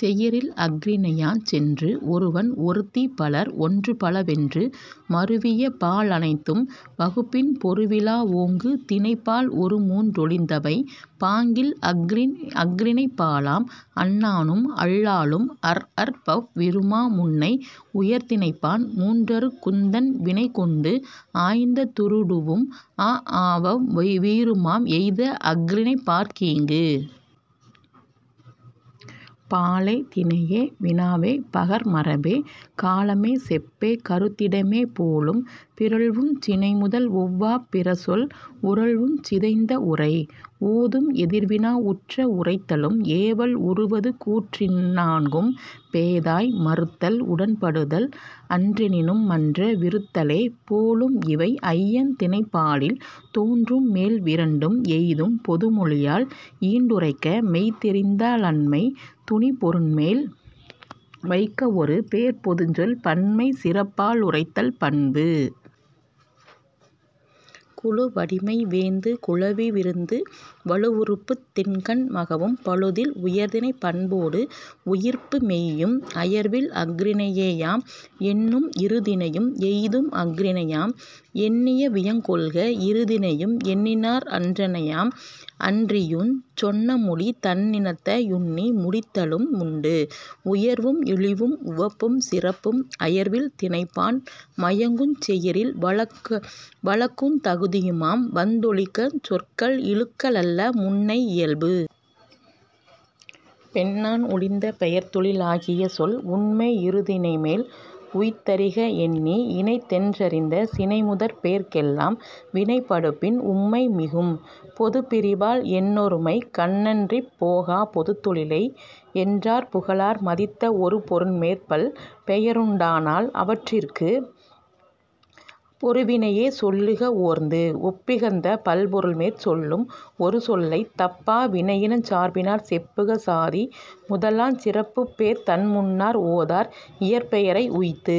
செயிரில் அஃறிணையாஞ் சென்று. ஒருவன் ஒருத்திபலர் ஒன்றுபல வென்று மருவியபா லைந்தும் வகுப்பின் பொருவிலா வோங்கு திணைப்பால் ஒருமூன் றொழிந்தவை பாங்கில் அஃறிணைப்பா லாம். அன்னானும் அள்ளாளும் அர்ஆர்பவ் வீறுமா முன்னை யுயர்திணைப்பான் மூன்றற்குந் தன்வினைகொண்டு ஆய்ந்த துறுடுவும் அஆவவ் வீறுமாம் எய்த அஃறிணைப்பாற் கீங்கு. பாலே திணையே வினாவே பகர்மரபே காலமே செப்பே கருதிடமே போலும் பிறழ்வுஞ் சினைமுதல் ஒவ்வாப் பிறசொல் உறழ்வுஞ் சிதைந்த வுரை. ஓதும் எதிர்வினா உற்ற துரைத்தலும் ஏவல் உறுவதுகூற் றிந்நான்கும் பேதாய் மறுத்தல் உடன்படுதல் அன்றெனினு மன்ற விறுத்தலே போலு மிவை. ஐயந் திணைபாலில் தோன்றுமேல் அவ்விரண்டும் எய்தும் பொதுமொழியால் ஈண்டுரைக்க மெய்தெரிந்தா லன்மை துணிபொருண்மேல் வைக்கவொரு பேர்ப்பொதுச்சொல் பன்மைசிறப் பாலுரைத்தல் பண்பு. குழுவடிமை வேந்து குழவி விருந்து வழுவுறுப்புத் திங்கண் மகவும் பழுதில் உயர்திணைப் பண்போடு உயிருப்பு மெய்யும் அயர்வில் அஃறிணையே யாம். எண்ணும் இருதிணையும் எய்தும் அஃறிணையாம் எண்ணிவியங் கொள்க இருதிணையும் எண்ணினாற் றன்மையாம் அஃறிணையுஞ் சொன்னமொழி தன்னினத்தை யுன்னி முடித்தலு முண்டு. உயர்வும் இழிவும் உவப்பும் சிறப்பும் அயர்வில் திணைபான் மயங்குஞ் செயிரில் வழக்குந் தகுதியுமாய் வந்தொழுகுஞ் சொற்கள் இழுக்கல்ல முன்னை இயல்பு. பெண்ணான் ஒழிந்த பெயர்தொழி லாகியசொல் உண்மை யிருதிணைமேல் உய்த்தறிக எண்ணி யினைத்தென் றறிந்த சினைமுதற்பேர்க் கெல்லாம் வினைப்படுப்பின் உம்மை மிகும். பொதுபிரிபால் எண்ணொருமைக் கண்ணன்றிப் போகா பொதுத்தொழிலை யொன்றாற் புகலார் மதித்த ஒருபொருண்மேற் பல்பெயருண் டானால் அவற்றிற்கு ஒருவினையே சொல்லுக ஓர்ந்து. ஒப்பிகந்த பல்பொருள்மேற் சொல்லும் ஒருசொல்லைத் தப்பா வினையினஞ் சார்பினாற் செப்புக சாதி முதலாஞ் சிறப்புப்பேர் தன்முன்னர் ஓதார் இயற்பெயரை உய்த்து.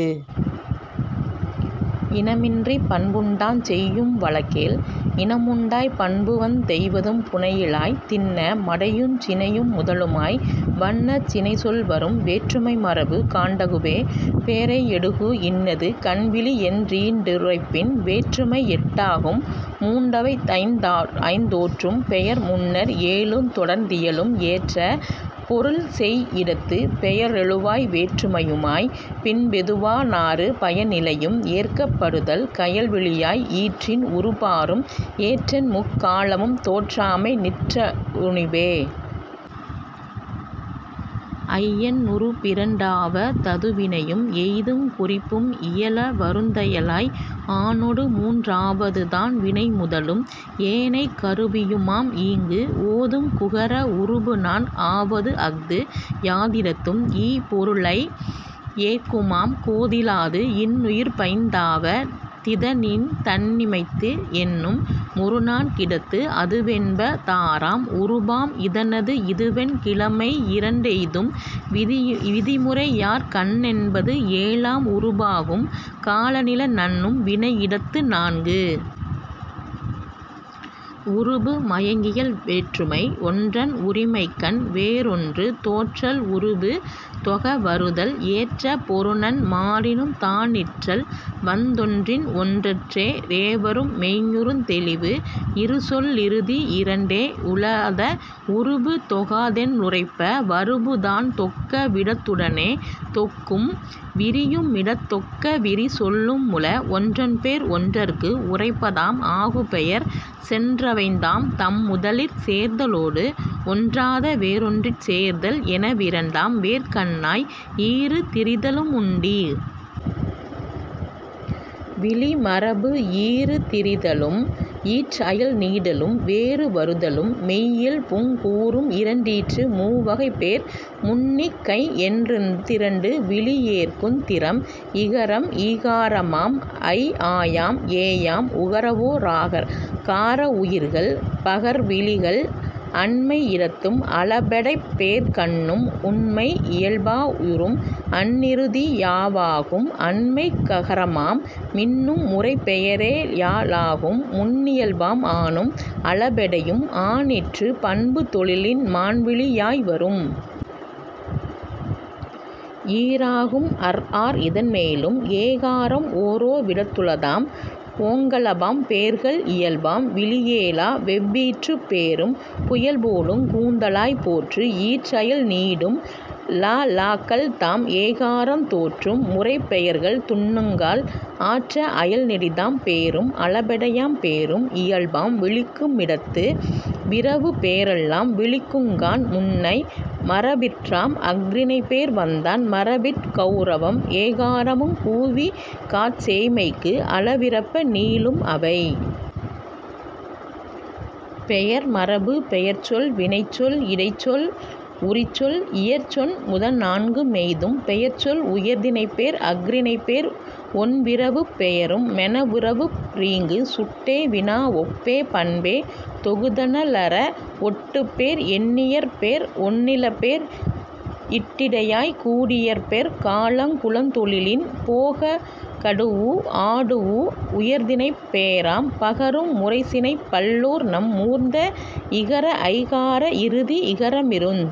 இனமின்றிப் பண்புண்டாஞ் செய்யுஞ் வழக்கேல் இனமுண்டாய்ப் பண்புவந் தெய்தும் புனையிழாய் திண்ண மடையுஞ் சினையு முதலுமாய் வண்ணச் சினைசொல் வரும்.. வேற்றுமை மரபு காண்டகுபே ரையொடுகு இன்னது கண்விளியென் றீண்டுரைப்பின் வேற்றுமை யெட்டாகு மூண்டவைதாந் தோற்றும் பெயர்முன்னர் ஏழுந் தொடர்ந்தியலும் ஏற்ற பொருள்செய் யிடத்து. பெயரெழுவாய் வேற்றுமையாம் பின்பதுதா னாறு பயனிலையும் ஏற்கப் படுதல் கயல்விழியாய் ஈற்றின் உறுபாறும் ஏற்றன்முக் காலமுந் தோற்றாமை நிற்ற றுணிபு. ஐயென் னுருபிரண் டாவ ததுவினையும் எய்துங் குறிப்பும் இயலவருந் தையலாய் ஆனொடு மூன்றா வதுதான் வினைமுதலும் ஏனைக் கருவியுமாம் ஈங்கு. ஓதுங் குகர உருபுநான் காவதஃது யாதிடத்தும் ஈபொருளை யேற்குமாங் கோதிலாது இன்னுருபைந் தாவ திதனினித் தன்மைத்தி தென்னு மொருநான் கிடத்து. அதுவென்ப தாறாம் உருபாம் இதனது இதுவென் கிழமையிரண் டெய்தும் விதிமுறையாற் கண்ணென்பது ஏழாம் உருபாகும் காலநில நண்ணும் வினையிடத்து நன்கு.. உருபு மயங்கியல் வேற்றுமை யொன்றன் உரிமைக்கண் வேறொன்று தோற்றல் உருபு தொகவருதல் ஏற்றபொருண் மாறினுந் தானிற்றல் வந்தொன்றின் ஒன்றேற்ற றேறவரு மெய்ந்நுற் றௌிவு. இருசொல் லிருதி யிரண்டே ழலாத உருபு தொகாதென் றுரைப்ப வுருபுதான் தொக்க விடத்துடனே தொக்கும் விரியுமிடத் தொக்கவிரி சொல்லு முள. ஒன்றன்பேர் ஒன்றற்கு உரைப்பதாம் ஆகுபெயர் சென்றவைந்தாந் தம்முதலிற் சேர்தலோடு ஒன்றாத வேறொன்றிற் சேர்தல் எனவிரண்டாம் வேற்கண்ணாய் ஈறு திரிதலுமுண்டீற் விளி மரபு ஈறு திரிதலும் ஈற்றயல் நீடலும் வேறு வருதலும் மெய்யில்புங் கூறும் இரண்டீற்று மூவகைப்பேர் முன்னிைக்கண் ணென்றுந் திரண்டுவிளி யேற்குந் திறம். இகரம் ஈகாரமாம் ஐஆயாம் ஏயாம் உகரவோ கார வுயிர்கள் பகர்விளிகள் அண்மை யிடத்தும் அளபெடைப் பேர்க்கண்ணும் உண்மை யியல்பா யுறும். அன்னிறுதி யாவாகும் அண்மைக் ககரமாம் மின்னு முறைப்பெயரே லேயாகு முன்னியல்பாம் ஆனும் அளபெடையும் ஆனீற்று பண்புதொழின் மான்விழி யாயாய் வரும். ஈராகும் அர்ஆர் இதன்மேலும் ஏகாரம் ஒரோ விடத்துளதாம் ஓங்களபாம் பேர்கள் இயல்பாம் விளியேலா வெவ்வீற்றுப் பேரும் புயல்போலுங் கூந்தலாய் போற்று. ஈற்றயல் நீடும் லளக்கள்தாம் ஏகாரந் தோற்றும் முறைப்பெயர்கள் துன்னுங்கால் ஆற்ற அயல்நெடிதாம் பேரும் அளபெடையாம் பேரும் இயல்பாம் விளிக்கு மிடத்து. விரவுப்பே ரெல்லாம் விளிக்குங்கான் முன்னை மரபிற்றாம் அஃறிணைபேர் வந்தான் மரபிற் கொளரவம் ஏகாரமுங் கூவிங்காற் சேய்மைக்கு அளவிறப்ப நீளும் அவை.. பெயர் மரபு பெயர்ச்சொல் வினைச்சொல் இடைச்சொல் உரிச்சொல் இயற்சொன் முதனான்கு மெய்தும் பெயர்ச்சொல் உயர்திணைப்பேர் அஃறிணைப்பேர் ஒண்விரவுப் பெயரு மெனவரவு ரீங்கு. சுட்டே வினாவொப்பே பண்பே தொகுனளர வொட்டுப்பேர் எண்ணியற்பேர் ஒண்ணிலப்பேர் இட்டிடையாய் கூடியற்பெர் காலங் குலந்தொழிலின் போமகடூஉ ஆடூஉ உயர்திணைப்பே ராம். பகரு முறைசினைப் பல்லோர்நம் மூர்ந்த இகரஐ கார இறுதி இகரமிறுஞ்।